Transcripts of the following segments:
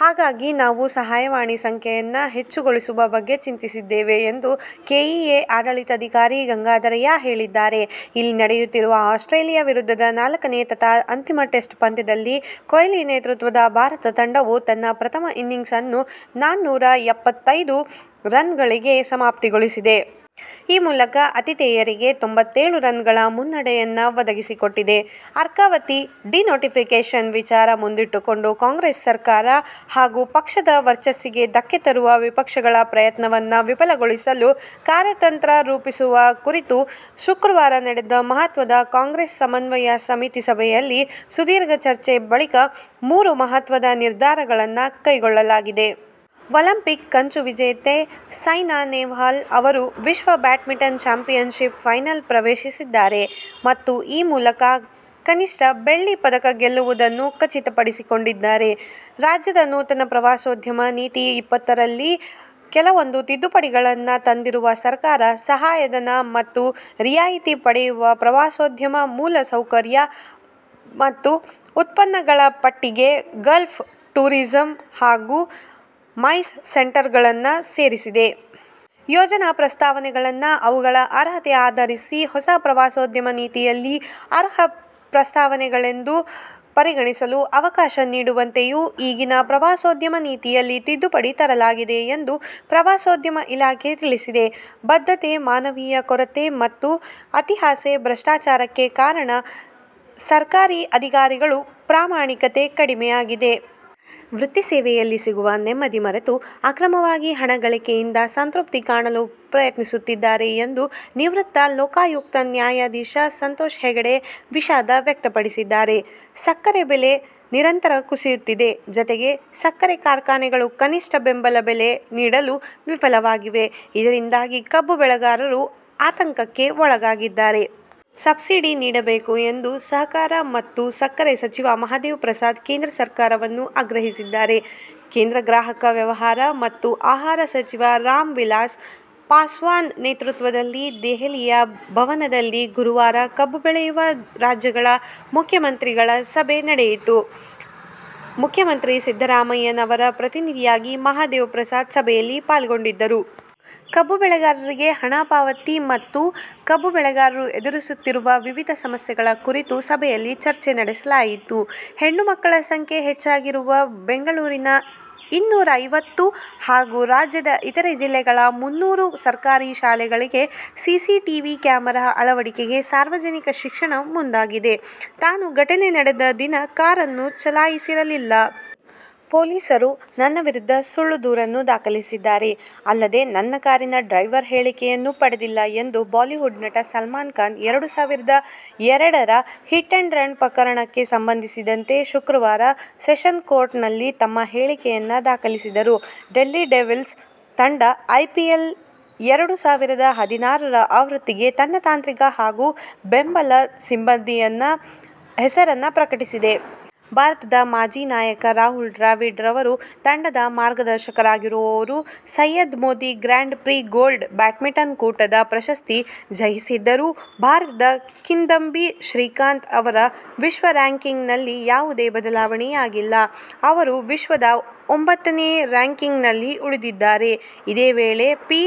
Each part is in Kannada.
ಹಾಗಾಗಿ ನಾವು ಸಹಾಯವಾಣಿ ಸಂಖ್ಯೆಯನ್ನು ಹೆಚ್ಚುಗೊಳಿಸುವ ಬಗ್ಗೆ ಚಿಂತಿಸಿದ್ದೇವೆ ಎಂದು ಕೆಇಎ ಆಡಳಿತಾಧಿಕಾರಿ ಗಂಗಾಧರಯ್ಯ ಹೇಳಿದ್ದಾರೆ. ಇಲ್ಲಿ ನಡೆಯುತ್ತಿರುವ ಆಸ್ಟ್ರೇಲಿಯಾ ವಿರುದ್ಧದ ನಾಲ್ಕನೇ ತಥಾ ಅಂತಿಮ ಟೆಸ್ಟ್ ಪಂದ್ಯದಲ್ಲಿ ಕೊಹ್ಲಿ ನೇತೃತ್ವದ ಭಾರತ ತಂಡವು ತನ್ನ ಪ್ರಥಮ ಇನ್ನಿಂಗ್ಸ್ ಅನ್ನು ನಾನೂರ ಎಪ್ಪತ್ತೈದು ರನ್ನುಗಳಿಗೆ ಸಮಾಪ್ತಿಗೊಳಿಸಿದೆ. ಈ ಮೂಲಕ ಆತಿಥೇಯರಿಗೆ ತೊಂಬತ್ತೇಳು ರನ್ನುಗಳ ಮುನ್ನಡೆಯನ್ನು ಒದಗಿಸಿಕೊಟ್ಟಿದೆ. ಅರ್ಕಾವತಿ ಡಿನೋಟಿಫಿಕೇಷನ್ ವಿಚಾರ ಮುಂದಿಟ್ಟು ಕೊಂಡು ಕಾಂಗ್ರೆಸ್ ಸರಕಾರ ಹಾಗೂ ಪಕ್ಷದ ವರ್ಚಸ್ಸಿಗೆ ಧಕ್ಕೆ ತರುವ ವಿಪಕ್ಷಗಳ ಪ್ರಯತ್ನವನ್ನು ವಿಫಲಗೊಳಿಸಲು ಕಾರ್ಯ ತಂತ್ರ ರೂಪಿಸುವ ಕುರಿತು ಶುಕ್ರವಾರ ನಡೆದ ಮಹತ್ವದ ಕಾಂಗ್ರೆಸ್ ಸಮನ್ವಯ ಸಮಿತಿ ಸಭೆಯಲ್ಲಿ ಸುದೀರ್ಘ ಚರ್ಚೆ ಬಳಿಕ ಮೂರು ಮಹತ್ವದ ನಿರ್ಧಾರಗಳನ್ನು ಕೈಗೊಳ್ಳಲಾಗಿದೆ. ಒಲಿಂಪಿಕ್ ಕಂಚು ವಿಜೇತೆ ಸೈನಾ ನೆಹ್ವಾಲ್ ಅವರು ವಿಶ್ವ ಬ್ಯಾಡ್ಮಿಂಟನ್ ಚಾಂಪಿಯನ್ಶಿಪ್ನ ಫೈನಲ್ ಪ್ರವೇಶಿಸಿದ್ದಾರೆ ಮತ್ತು ಈ ಮೂಲಕ ಕನಿಷ್ಠ ಬೆಳ್ಳಿ ಪದಕ ಗೆಲ್ಲುವುದನ್ನು ಖಚಿತಪಡಿಸಿಕೊಂಡಿದ್ದಾರೆ. ರಾಜ್ಯದ ನೂತನ "ಪ್ರವಾಸೋದ್ಯಮ ನೀತಿ -ಇಪ್ಪತ್ತುರಲ್ಲಿ ಕೆಲವೊಂದು ತಿದ್ದುಪಡಿಗಳನ್ನು ತಂದಿರುವ ಸರ್ಕಾರ ಸಹಾಯಧನ ಮತ್ತು ರಿಯಾಯಿತಿ ಪಡೆಯುವ ಪ್ರವಾಸೋದ್ಯಮ ಮೂಲ ಸೌಕರ್ಯ ಮತ್ತು ಉತ್ಪನ್ನಗಳಪಟ್ಟಿಗೆ "ಗಾಲ್ಫ್ ಟೂರಿಸಂ' ಹಾಗೂ "ಮೈಸ್ ಸೆಂಟರ್'ಗಳನ್ನು ಸೇರಿಸಿದೆ. ಯೋಜನಾ ಪ್ರಸ್ತಾವನೆಗಳನ್ನು ಅವುಗಳ ಅರ್ಹತೆ ಆಧರಿಸಿ ಹೊಸ ಪ್ರವಾಸೋದ್ಯಮ ನೀತಿಯಲ್ಲಿ ಅರ್ಹ ಪ್ರಸ್ತಾವನೆಗಳೆಂದು ಪರಿಗಣಿಸಲು ಅವಕಾಶ ನೀಡುವಂತೆಯೂ ಈಗಿನ ಪ್ರವಾಸೋದ್ಯಮ ನೀತಿಯಲ್ಲಿ ತಿದ್ದುಪಡಿ ತರಲಾಗಿದೆ ಎಂದು ಪ್ರವಾಸೋದ್ಯಮ ಇಲಾಖೆ ತಿಳಿಸಿದೆ. ಬದ್ಧತೆ, ಮಾನವೀಯ ಕೊರತೆ ಮತ್ತು ಅತಿಯಾಸೆ ಭ್ರಷ್ಟಾಚಾರಕ್ಕೆ ಕಾರಣ. ಸರ್ಕಾರಿ ಅಧಿಕಾರಿಗಳಲ್ಲಿ ಪ್ರಾಮಾಣಿಕತೆ ಕಡಿಮೆಯಾಗಿದೆ. ವೃತ್ತಿ ಸೇವೆಯಲ್ಲಿ ಸಿಗುವ ನೆಮ್ಮದಿ ಮರೆತು ಅಕ್ರಮವಾಗಿ ಹಣ ಗಳಿಕೆಯಿಂದ ಸಂತೃಪ್ತಿ ಕಾಣಲು ಪ್ರಯತ್ನಿಸುತ್ತಿದ್ದಾರೆ ಎಂದು ನಿವೃತ್ತ ಲೋಕಾಯುಕ್ತ ನ್ಯಾ. ಸಂತೋಷ್ ಹೆಗಡೆ ವಿಷಾದ ವ್ಯಕ್ತಪಡಿಸಿದ್ದಾರೆ. ಸಕ್ಕರೆ ಬೆಲೆ ನಿರಂತರ ಕುಸಿಯುತ್ತಿದೆ. ಜತೆಗೆ, ಸಕ್ಕರೆ ಕಾರ್ಖಾನೆಗಳು ಕನಿಷ್ಠ ಬೆಂಬಲ ಬೆಲೆ ನೀಡಲು ವಿಫಲವಾಗಿವೆ. ಇದರಿಂದಾಗಿ ಕಬ್ಬು ಬೆಳೆಗಾರರು ಆತಂಕಕ್ಕೆ ಒಳಗಾಗಿದ್ದಾರೆ. ಸಬ್ಸಿಡಿ ನೀಡಬೇಕು ಎಂದು ಸಹಕಾರ ಮತ್ತು ಸಕ್ಕರೆ ಸಚಿವ ಮಹಾದೇವ ಪ್ರಸಾದ್ ಕೇಂದ್ರ ಸರ್ಕಾರವನ್ನು ಆಗ್ರಹಿಸಿದ್ದಾರೆ. ಕೇಂದ್ರ ಗ್ರಾಹಕ ವ್ಯವಹಾರ ಮತ್ತು ಆಹಾರ ಸಚಿವ ರಾಮ್ ವಿಲಾಸ್ ಪಾಸ್ವಾನ್ ನೇತೃತ್ವದಲ್ಲಿ ದೆಹಲಿಯ ಭವನದಲ್ಲಿ ಗುರುವಾರ ಕಬ್ಬು ಬೆಳೆಯುವ ರಾಜ್ಯಗಳ ಮುಖ್ಯಮಂತ್ರಿಗಳ ಸಭೆ ನಡೆಯಿತು. ಮುಖ್ಯಮಂತ್ರಿ ಸಿದ್ದರಾಮಯ್ಯ ಅವರ ಪ್ರತಿನಿಧಿಯಾಗಿ ಮಹದೇವ ಪ್ರಸಾದ್ ಸಭೆಯಲ್ಲಿ ಪಾಲ್ಗೊಂಡಿದ್ದರು. ಕಬ್ಬು ಬೆಳೆಗಾರರಿಗೆ ಹಣ ಪಾವತಿ ಮತ್ತು ಕಬ್ಬು ಬೆಳೆಗಾರರು ಎದುರಿಸುತ್ತಿರುವ ವಿವಿಧ ಸಮಸ್ಯೆಗಳ ಕುರಿತು ಸಭೆಯಲ್ಲಿ ಚರ್ಚೆ ನಡೆಸಲಾಯಿತು. ಹೆಣ್ಣುಮಕ್ಕಳ ಸಂಖ್ಯೆ ಹೆಚ್ಚಾಗಿರುವ ಬೆಂಗಳೂರಿನ ಇನ್ನೂರೈವತ್ತು ಹಾಗೂ ರಾಜ್ಯದ ಇತರೆ ಜಿಲ್ಲೆಗಳ ಮುನ್ನೂರು ಸರ್ಕಾರಿ ಶಾಲೆಗಳಿಗೆ ಸಿಸಿಟಿವಿ ಕ್ಯಾಮರಾ ಅಳವಡಿಕೆಗೆ ಸಾರ್ವಜನಿಕ ಶಿಕ್ಷಣ ಮುಂದಾಗಿದೆ. ತಾನು ಘಟನೆ ನಡೆದ ದಿನ ಕಾರನ್ನು ಚಲಾಯಿಸಿರಲಿಲ್ಲ. ಪೊಲೀಸರು ನನ್ನ ವಿರುದ್ಧ ಸುಳ್ಳು ದೂರನ್ನು ದಾಖಲಿಸಿದ್ದಾರೆ. ಅಲ್ಲದೇ ನನ್ನ ಕಾರಿನ ಡ್ರೈವರ್ ಹೇಳಿಕೆಯನ್ನೂ ಪಡೆದಿಲ್ಲ ಎಂದು ಬಾಲಿವುಡ್ ನಟ ಸಲ್ಮಾನ್ ಖಾನ್ ಎರಡು ಸಾವಿರದ ಎರಡರ ಹಿಟ್ ಅಂಡ್ ರನ್ ಪ್ರಕರಣಕ್ಕೆ ಸಂಬಂಧಿಸಿದಂತೆ ಶುಕ್ರವಾರ ಸೆಷನ್ಸ್ ಕೋರ್ಟ್ ನಲ್ಲಿ ತಮ್ಮ ಹೇಳಿಕೆಯನ್ನು ದಾಖಲಿಸಿದರು. ಡೆಲ್ಲಿ ಡೇರ್ಡೆವಿಲ್ಸ್ ತಂಡ ಐಪಿಎಲ್ ಎರಡು ಸಾವಿರದ ಹದಿನಾರರ ಆವೃತ್ತಿಗೆ ತನ್ನ ತಾಂತ್ರಿಕ ಹಾಗೂ ಬೆಂಬಲ ಸಿಬಂದಿ ಹೆಸರನ್ನು ಪ್ರಕಟಿಸಿದೆ. ಭಾರತದ ಮಾಜಿ ನಾಯಕ ರಾಹುಲ್ ದ್ರಾವಿಡ್ ಅವರು ತಂಡದ ಮಾರ್ಗದರ್ಶಕರಾಗಿರುವರು. Syed Modi Grand Prix Gold badminton ಕೂಟದ ಪ್ರಶಸ್ತಿ ಜಯಿಸಿದ್ದರೂ ಭಾರತದ ಕಿದಂಬಿ ಶ್ರೀಕಾಂತ್ ಅವರ ವಿಶ್ವ ರ‍್ಯಾಂಕಿಂಗ್ ನಲ್ಲಿ ಯಾವುದೇ ಬದಲಾವಣೆಯಾಗಿಲ್ಲ. ಅವರು ವಿಶ್ವದ ಒಂಬತ್ತನೇ ರ‍್ಯಾಂಕಿಂಗ್ ನಲ್ಲಿ ಉಳಿದಿದ್ದಾರೆ. ಇದೇ ವೇಳೆ ಪಿ.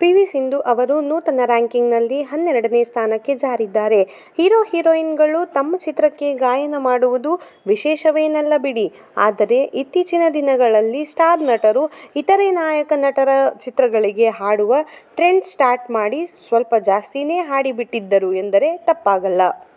ವಿ. ಸಿಂಧು ಅವರು ನೂತನ ರ‍್ಯಾಂಕಿಂಗ್ ನಲ್ಲಿ ಹನ್ನೆರಡನೇ ಸ್ಥಾನಕ್ಕೆ ಜಾರಿದ್ದಾರೆ. ಹೀರೊ-ಹೀರೊಯಿನ್'ಗಳು ತಮ್ಮ ಚಿತ್ರಕ್ಕೆ ಗಾಯನ ಮಾಡುವುದು ವಿಶೇಷವೇನಲ್ಲ ಬಿಡಿ ಆದರೆ ಇತ್ತೀಚಿನ ದಿನಗಳಲ್ಲಿ ಸ್ಟಾರ್ ನಟರು ಇತರೆ ನಾಯಕ ನಟರ ಚಿತ್ರಗಳಿಗೆ ಹಾಡುವ ಟ್ರೆಂಡ್ ಸ್ಟಾರ್ಟ್ ಮಾಡಿ ಸ್ವಲ್ಪ ಜಾಸ್ತಿನೇ ಹಾಡಿಬಿಟ್ಟಿದ್ದರು ಎಂದರೆ ತಪ್ಪಾಗಲ್ಲ.